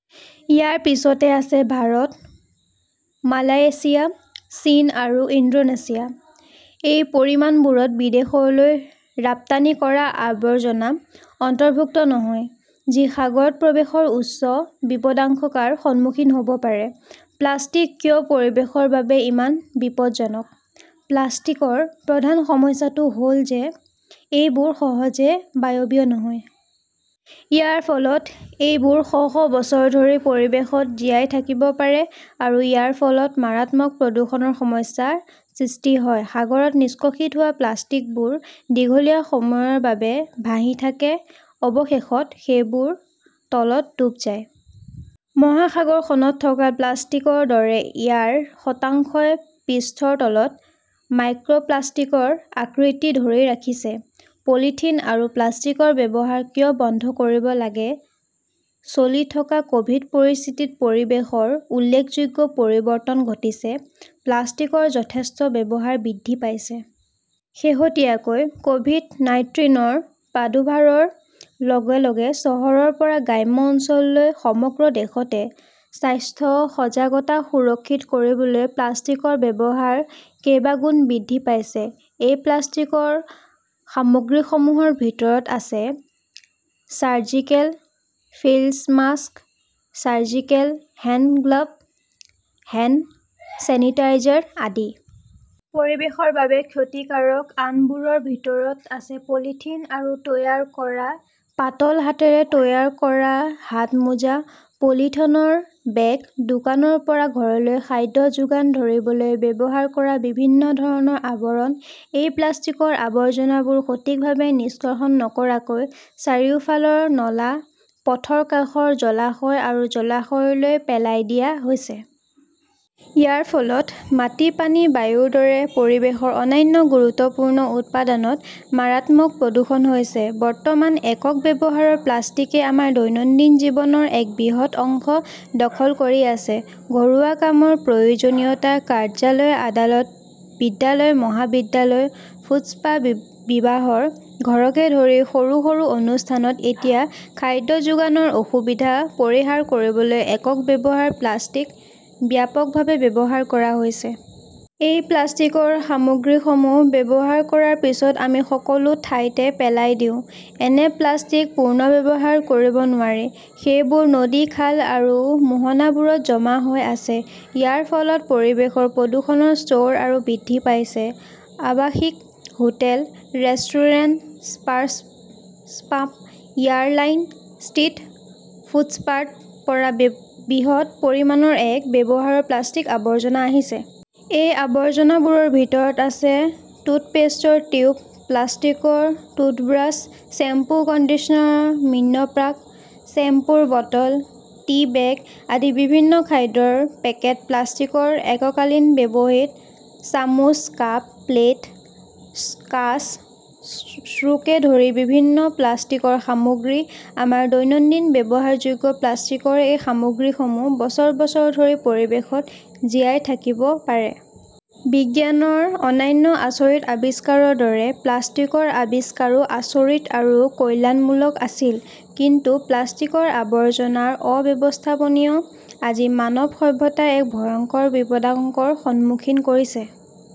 ইয়াৰ পিছতে আছে ভাৰত, মালয়েছিয়া, চীন আৰু ইণ্ডোনেছিয়া। এই পৰিমাণবোৰত বিদেশলৈ ৰপ্তানি কৰা আৱৰ্জনা অন্তৰ্ভুক্ত নহয়, যি সাগৰত প্ৰৱেশৰ উচ্চ বিপদাশংকাৰ সন্মুখীন হ 'ব পাৰে। প্লাষ্টিক কিয় পৰিৱেশৰ বাবে ইমান বিপদজনক? প্লাষ্টিকৰ প্ৰধান সমস্যাটো হ'ল যে সেইবোৰ সহজে বায়বীয় নহয়। ইয়াৰ ফলত এইবোৰ শ শ বছৰ ধৰি পৰিৱেশত জীয়াই থাকিব পাৰে আৰু ইয়াৰ ফলত মাৰাত্মক প্ৰদূষণৰ সমস্যাৰ সৃষ্টি হয়। সাগৰত নিষ্কাশিত হোৱা প্লাষ্টিকবোৰ দীঘলীয়া সময়ৰ বাবে ভাহি থাকে। অৱশেষত সেইবোৰ তলত ডুব যায়। মহানগৰখনত থকা প্লাষ্টিকৰ দৰে ইয়াৰ শতাংশই পৃষ্ঠৰ তলত মাইক্ৰ'প্লাষ্টিকৰ আকৃতি ধৰি ৰাখিছে। পলিথিন আৰু প্লাষ্টিকৰ ব্যৱহাৰ কিয় বন্ধ কৰিব লাগে চলি থকা ক'ভিড পৰিস্থিতিত পৰিৱেশৰ উল্লেখযোগ্য পৰিৱৰ্তন ঘটিছে। প্লাষ্টিকৰ যথেষ্ট ব্যৱহাৰ বৃদ্ধি পাইছে। শেহতীয়াকৈ ক'ভিড-নাইন্তিনৰ প্ৰাদুৰ্ভাৱৰ লগে লগে চহৰৰ পৰা গ্ৰাম্য অঞ্চললৈ সমগ্ৰ দেশতে স্বাস্থ্য সজাগতা সুৰক্ষিত কৰিবলৈ প্লাষ্টিকৰ ব্যৱহাৰ কেইবাগুণ বৃদ্ধি পাইছে। এই প্লাষ্টিকৰ সামগ্ৰীসমূহৰ ভিতৰত আছে surgical face mask, surgical hand glove, hand sanitiser আদি। পৰিৱেশৰ বাবে ক্ষতিকাৰক আনবোৰৰ ভিতৰত আছে পলিথিনৰ পৰা তৈয়াৰ কৰা পাতল হাতেৰে তৈয়াৰ কৰা হাতমোজা, পলিথিনৰ বেগ, দোকানৰ পৰা ঘৰলৈ খাদ্য যোগান ধৰিবলৈ ব্যৱহাৰ কৰা বিভিন্ন ধৰণৰ আৱৰণ। এই প্লাষ্টিকৰ আৱৰ্জনাবোৰ সঠিকভাৱে নিষ্কাশন নকৰাকৈ চাৰিওফালৰ নলা, পথৰ কাষৰ জলাশয় বা জলাশয়লৈ পেলাই দিয়া হৈছে। ইয়াৰ ফলত মাটি, পানী, বায়ুৰ দৰে পৰিৱেশৰ অন্যান্য গুৰুত্বপূৰ্ণ উপাদানত মাৰাত্মক প্ৰদূষণ হৈছে। বৰ্তমান, একক ব্যৱহাৰৰ প্লাষ্টিকই আমাৰ দৈনন্দিন জীৱনৰ এক বৃহৎ অংশ দখল কৰি আছে। ঘৰুৱা কামৰ প্ৰয়োজনীয়তা, কাৰ্যালয়, আদালত, বিদ্যালয়, মহাবিদ্যালয়ৰ ফুডশ্বপ, বিবাহৰ ঘৰকে ধৰি সৰু- সৰু অনুষ্ঠানত এতিয়া খাদ্য যোগানৰ অসুবিধা পৰিহাৰ কৰিবলৈ একক ব্যৱহাৰৰ প্লাষ্টিক ব্যাপকভাৱে ব্যৱহাৰ কৰা হৈছে। এই প্লাষ্টিকৰ সামগ্ৰীসমূহ ব্যৱহাৰ কৰাৰ পিছত আমি সকলো ঠাইতে পেলাই দিওঁ। এনে প্লাষ্টিক পুনৰ্ব্যৱহাৰ কৰিব নোৱাৰি। সেইবোৰ নদী, খাল আৰু মোহনাবোৰত জমা হৈ আছে। ইয়াৰ ফলত পৰিৱেশৰ প্ৰদূষণৰ স্তৰ আৰু বৃদ্ধি পাইছে। আৱাসিক hotel, restaurant, super shop, airline, street ফুডশ্বপৰ পৰা বৃহৎ পৰিমাণৰ একক ব্যৱহাৰৰ প্লাষ্টিকৰ আৱৰ্জনা আহিছে। এই আৱৰ্জনাবোৰৰ ভিতৰত আছে টুথপেষ্টৰ টিউব, প্লাষ্টিকৰ টুথব্ৰাছ, শ্বেম্পো-কণ্ডিছনাৰ মিনিপ্যাক, শ্বেম্পোৰ বটল, টি-বেগ, বিভিন্ন ধৰণৰ খাদ্যৰ পেকেট, প্লাষ্টিকৰ এককালীন ব্যৱহৃত চামুচ, কাপ, প্লেট, কাঁচ, ষ্ট্ৰ'ৰকে ধৰি বিভিন্ন প্লাষ্টিকৰ সামগ্ৰী। আমাৰ দৈনন্দিন ব্যৱহাৰযোগ্য প্লাষ্টিকৰ এই সামগ্ৰীসমূহ বছৰ বছৰ ধৰি পৰিৱেশত জীয়াই থাকিব পাৰে। বিজ্ঞানৰ অন্যান্য আচৰিত আৱিষ্কাৰৰ দৰে প্লাষ্টিকৰ আৱিষ্কাৰো আচৰিত আৰু কল্যাণমূলক আছিল। কিন্তু প্লাষ্টিকৰ আৱৰ্জনাৰ অব্যৱস্থাপনাই আজি মানৱ সভ্যতাক এক ভয়ংকৰ বিপদাশংকাৰ সন্মুখীন কৰিছে।